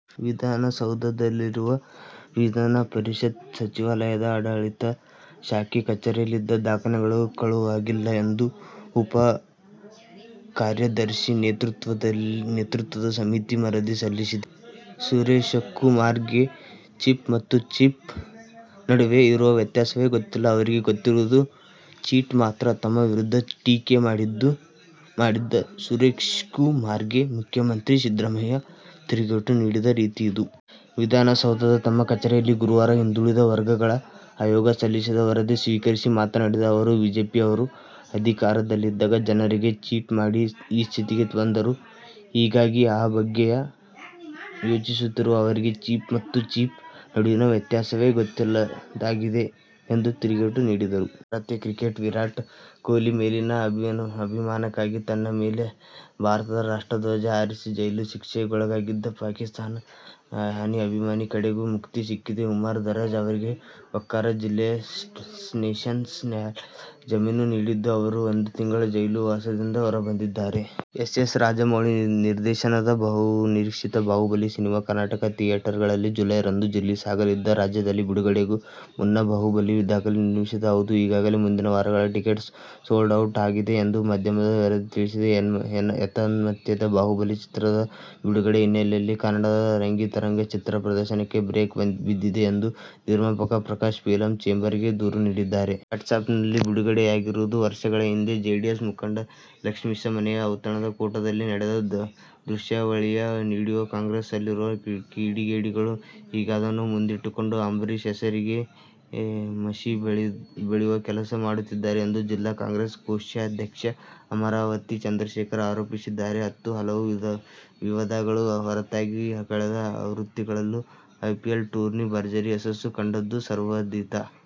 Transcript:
ವಿಧಾನಸೌಧದಲ್ಲಿರುವ ವಿಧಾನಪರಿಷತ್ ಸಚಿವಾಲಯದ ಆಡಳಿತ ಶಾಖೆ ಕಚೇರಿಯಲ್ಲಿದ್ದ ದಾಖಲೆಗಳು ಕಳುವಾಗಿಲ್ಲ ಎಂದು ಉಪ ಕಾರ್ಯದರ್ಶಿ ನೇತೃತ್ವದ ಸಮಿತಿ ವರದಿ ಸಲ್ಲಿಸಿದೆ. ಸುರೇಶ್ಕುಮಾರ್ಗೆ "ಚೀಫ್' ಮತ್ತು "ಚೀಪ್' ನಡುವೆ ಇರುವ ವ್ಯತ್ಯಾಸವೇ ಗೊತ್ತಿಲ್ಲ. ಅವರಿಗೆ ಗೊತ್ತಿರುವುದು "ಚೀಟ್' ಮಾತ್ರ. ತಮ್ಮ ವಿರುದ್ಧ ಟೀಕೆ ಮಾಡಿದ್ದ ಸುರೇಶ್ಕುಮಾರ್ಗೆ ಮುಖ್ಯಮಂತ್ರಿ ಸಿದ್ದರಾಮಯ್ಯ ತಿರುಗೇಟು ನೀಡಿದ ರೀತಿಯಿದು. ವಿಧಾನಸೌಧದ ತಮ್ಮ ಕಚೇರಿಯಲ್ಲಿ ಗುರುವಾರ ಹಿಂದುಳಿದ ವರ್ಗಗಳ ಆಯೋಗ ಸಲ್ಲಿಸಿದ ವರದಿ ಸ್ವೀಕರಿಸಿ ಮಾತನಾಡಿದ ಅವರು, ಬಿಜೆಪಿಯವರು ಅಧಿಕಾರದಲ್ಲಿದ್ದಾಗ ಜನರಿಗೆ ಚೀಟ್ ಮಾಡಿ ಈ ಸ್ಥಿತಿಗೆ ಬಂದರು. ಹೀಗಾಗಿ ಆ ಬಗ್ಗೆಯೇ ಯೋಚಿಸುತ್ತಿರುವ ಅವರಿಗೆ ಚೀಫ್ ಮತ್ತು ಚೀಪ್ ನಡುವಿನ ವ್ಯತ್ಯಾಸವೇ ಗೊತ್ತಿಲ್ಲದಾಗಿದೆ ಎಂದು ತಿರುಗೇಟು ನೀಡಿದರು. ಭಾರತೀಯ ಕ್ರಿಕೆಟಿಗ ವಿರಾಟ್ ಕೊಹ್ಲಿ ಮೇಲಿನ ಅಭಿಮಾನಕ್ಕಾಗಿ ತನ್ನ ಮನೆ ಮೇಲೆ ಭಾರತದ ರಾಷ್ಟ್ರಧ್ವಜ ಹಾರಿಸಿ ಜೈಲು ಶಿಕ್ಷೆಗೊಳಗಾಗಿದ್ದ ಪಾಕಿಸ್ಥಾನಿ ಅಭಿಮಾನಿಗೆ ಕಡೆಗೂ ಮುಕ್ತಿ ಸಿಕ್ಕಿದೆ. ಉಮರ್ ದರಾಜ್ ಅವರಿಗೆ ಒಕಾರಾ ಜಿಲ್ಲೆಯ ಸೆಷನ್ಸ್ ನ್ಯಾಯಾಲಯ ಜಾಮೀನು ನೀಡಿದ್ದು, ಅವರು ಒಂದು ತಿಂಗಳ ಜೈಲುವಾಸದಿಂದ ಹೊರಬಂದಿದ್ದಾರೆ. ಎಸ್. ಎಸ್. ರಾಜಮೌಳಿ ನಿರ್ದೇಶನದ ಬಹುನಿರೀಕ್ಷಿತ ಬಾಹುಬಲಿ ಸಿನಿಮಾ ಕರ್ನಾಟಕದ ಥಿಯೇಟರ್ ಗಳಲ್ಲಿ ಜುಲೈ ರಂದು ರಿಲೀಸ್ ಆಗಲಿದ್ದು, ರಾಜ್ಯದಲ್ಲಿ ಬಿಡುಗಡೆಗೂ ಮುನ್ನ ಬಾಹುಬಲಿ ದಾಖಲೆ ನಿರ್ಮಿಸಿದೆ. ಹೌದು ಈಗಾಗಲೇ ಮುಂದಿನ ವಾರಗಳ ಟಿಕೆಟ್ ಸೋಲ್ಡ್ ಔಟ್ ಆಗಿದೆ ಎಂದು ಮಾಧ್ಯಮದ ವರದಿ ತಿಳಿಸಿದೆ. ಏತನ್ಮಧ್ಯೆ ಬಾಹುಬಲಿ ಚಿತ್ರ ಬಿಡುಗಡೆ ಹಿನ್ನೆಲೆಯಲ್ಲಿ ಕನ್ನಡದ ರಂಗಿತರಂಗ ಚಿತ್ರ ಪ್ರದರ್ಶನಕ್ಕೆ ಬ್ರೇಕ್ ಬಿದ್ದಿದೆ ಎಂದು ನಿರ್ಮಾಪಕ ಪ್ರಕಾಶ್ ಫಿಲಂ ಚೇಂಬರ್ ಗೆ ದೂರು ನೀಡಿದ್ದಾರೆ. ವಾಟ್ಸಪ್ನಲ್ಲಿ ಬಿಡುಗಡೆಯಾಗಿರುವುದು ವರ್ಷಗಳ ಹಿಂದೆ ಜೆಡಿಎಸ್ ಮುಖಂಡ ಲಕ್ಷ್ಮೀಶ್ ಮನೆಯ ಔತಣ ಕೂಟದಲ್ಲಿ ನಡೆದ ದೃಶ್ಯಾವಳಿಯ ವಿಡಿಯೋ. ಕಾಂಗ್ರೆಸ್ನಲ್ಲಿರುವ ಕಿಡಿಗೇಡಿಗಳು ಈಗ ಅದನ್ನು ಮುಂದಿಟ್ಟುಕೊಂಡು ಅಂಬರೀಶ್ ಹೆಸರಿಗೆ ಮಸಿ ಬಳಿವ ಕೆಲಸ ಮಾಡುತ್ತಿದ್ದಾರೆ ಎಂದು ಜಿಲ್ಲಾ ಕಾಂಗ್ರೆಸ್ ಕೋಶಾಧ್ಯಕ್ಷ ಅಮರಾವತಿ ಚಂದ್ರಶೇಖರ್ ಆರೋಪಿಸಿದ್ದಾರೆ. ಹತ್ತು ಹಲವು ವಿವಾದಗಳ ಹೊರತಾಗಿಯೂ ಕಳೆದ ಆವೃತ್ತಿಗಳಲ್ಲೂ ಐಪಿಎಲ್ ಟೂರ್ನಿ ಭರ್ಜರಿ ಯಶಸ್ಸು ಕಂಡದ್ದು ಸರ್ವವಿಧಿತ.